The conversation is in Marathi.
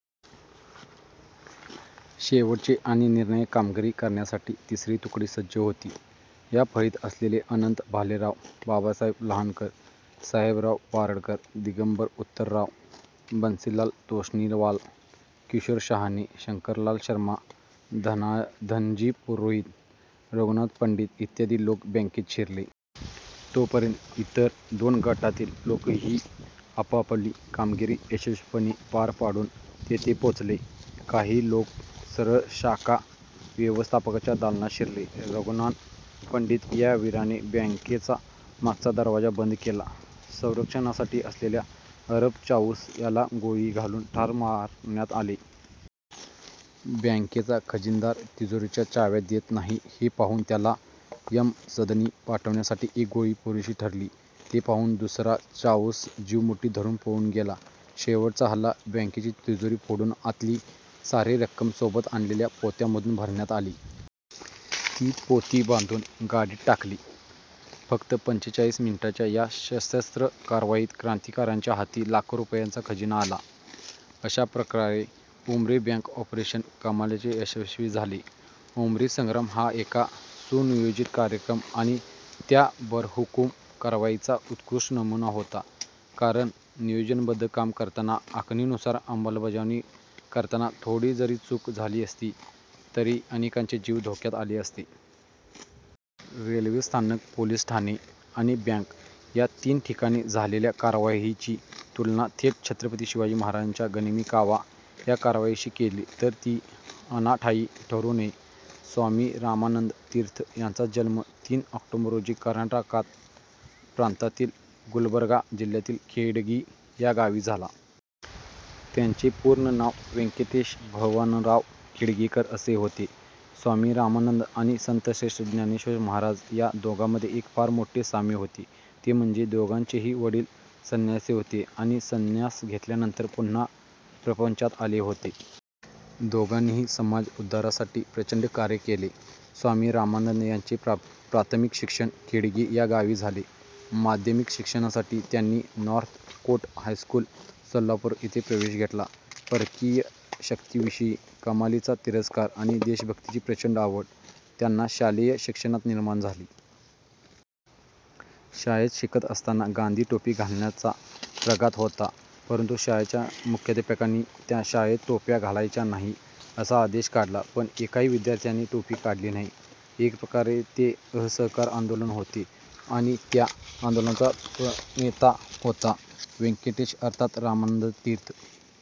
शेवटची आणि निर्णायक कामगिरी करण्यासाठी तिसरी तुकडी सज्ज होती. या फळीत असलेले अनंत भालेराव, बाबासाहेब लहानकर, साहेबराव बारडकर, दिगंबर उत्तरवार, बन्सीलाल तोष्णीवाल, किशोर शहाणे, शंकरलाल शर्मा, धना धनजी पुरोहित, रघुनाथ पंडित इत्यादी लोक बँकेत शिरले. तोपर्यंत इतर दोन गटातील लोकही आपापली कामगिरी यशस्वीपणे पार पाडून तिथे पोहोचले. काही लोक सरळ शाखा व्यवस्थापकाच्या दालनात शिरले. रघुनाथ पंडित या वीराने बँकेचा मागचा दरवाजा बंद केला. संरक्षणासाठी असलेल्या अरब चाऊस याला गोळी घालून ठार मारण्यात आले. बँकेचा खजिनदार तिजोरीच्या चाव्या देत नाही हे पाहून त्याला यमसदनी पाठविण्यासाठी एक गोळी पुरेशी ठरली. ते पाहून दुसरा चाऊस जीव मुठीत धरून पळून गेला. शेवटचा हल्ला! बँकेची तिजोरी फोडून आतली सारी रक्कम सोबत आणलेल्या पोत्यांमधून भरण्यात आली. ती पोती बांधून गाडीत टाकली. फक्त पंचेचाळीस मिनिटांच्या या सशस्त्र कार्यवाहीत क्रांतिकारकांच्या हाती लाखो रुपयांचा खजिना आला. अशाप्रकारे उमरी बँक ऑपरेशन कमालीचे यशस्वी झाले. उमरी संग्राम हा एका सुनियोजित कार्यक्रम आणि त्याबरहुकूम कार्यवाहीचा उत्कृष्ट नमुना होता, कारण नियोजनबद्ध काम करताना, आखणीनुसार अंमलबजावणी करताना थोडी जरी चूक झाली असती, तरी अनेकांचे जीव धोक्यात आले असते. रेल्वेस्थानक, पोलीस ठाणे आणि बँक या तीन ठिकाणी झालेल्या कार्यवाहीची तुलना थेट छत्रपती शिवाजी महाराजांच्या गनिमी कावा या कारवाईशी केली, तर ती अनाठायी ठरू नये. स्वामी रामानंद तीर्थ यांचा जन्म तीन ऑक्टोबर रोजी कर्नाटकात प्रांतातील गुलबर्गा जिल्ह्यातील खेडगी या गावी झाला. त्यांचे पूर्ण नाव व्यंकटेश भवानराव खेडगीकर असे होते. स्वामी रामानंद आणि संतश्रेष्ठ ज्ञानेश्वर महाराज या दोघांमध्ये एक फार मोठे साम्य होते, ते म्हणजे दोघांचेही वडील संन्यासी होते आणि संन्यास घेतल्यानंतर पुन्हा प्रपंचात आले होते. दोघांनीही समाज उद्धारासाठी प्रचंड कार्य केले. स्वामी रामानंद यांचे प्राथ प्राथमिक शिक्षण खेडगी या गावी झाले. माध्यमिक शिक्षणासाठी त्यांनी नॉर्थकोट हायस्कूल, सोलापूर येथे प्रवेश घेतला. परकीय शक्तीविषयी कमालीचा तिरस्कार आणि देशभक्तीची प्रचंड आवड त्यांना शालेय शिक्षणात निर्माण झाली. शाळेत शिकत असताना गांधी टोपी घालण्याचा प्रघात होता, परंतु शाळेच्या मुख्याध्यापकांनी त्या शाळेत टोप्या घालायच्या नाहीत असा आदेश काढला. पण एकाही विद्यार्थ्याने टोपी काढली नाही. एकप्रकारे ते असहकार आंदोलन होते आणि त्या आंदोलनाचा प्रणेता होता व्यंकटेश अर्थात रामानंद तीर्थ.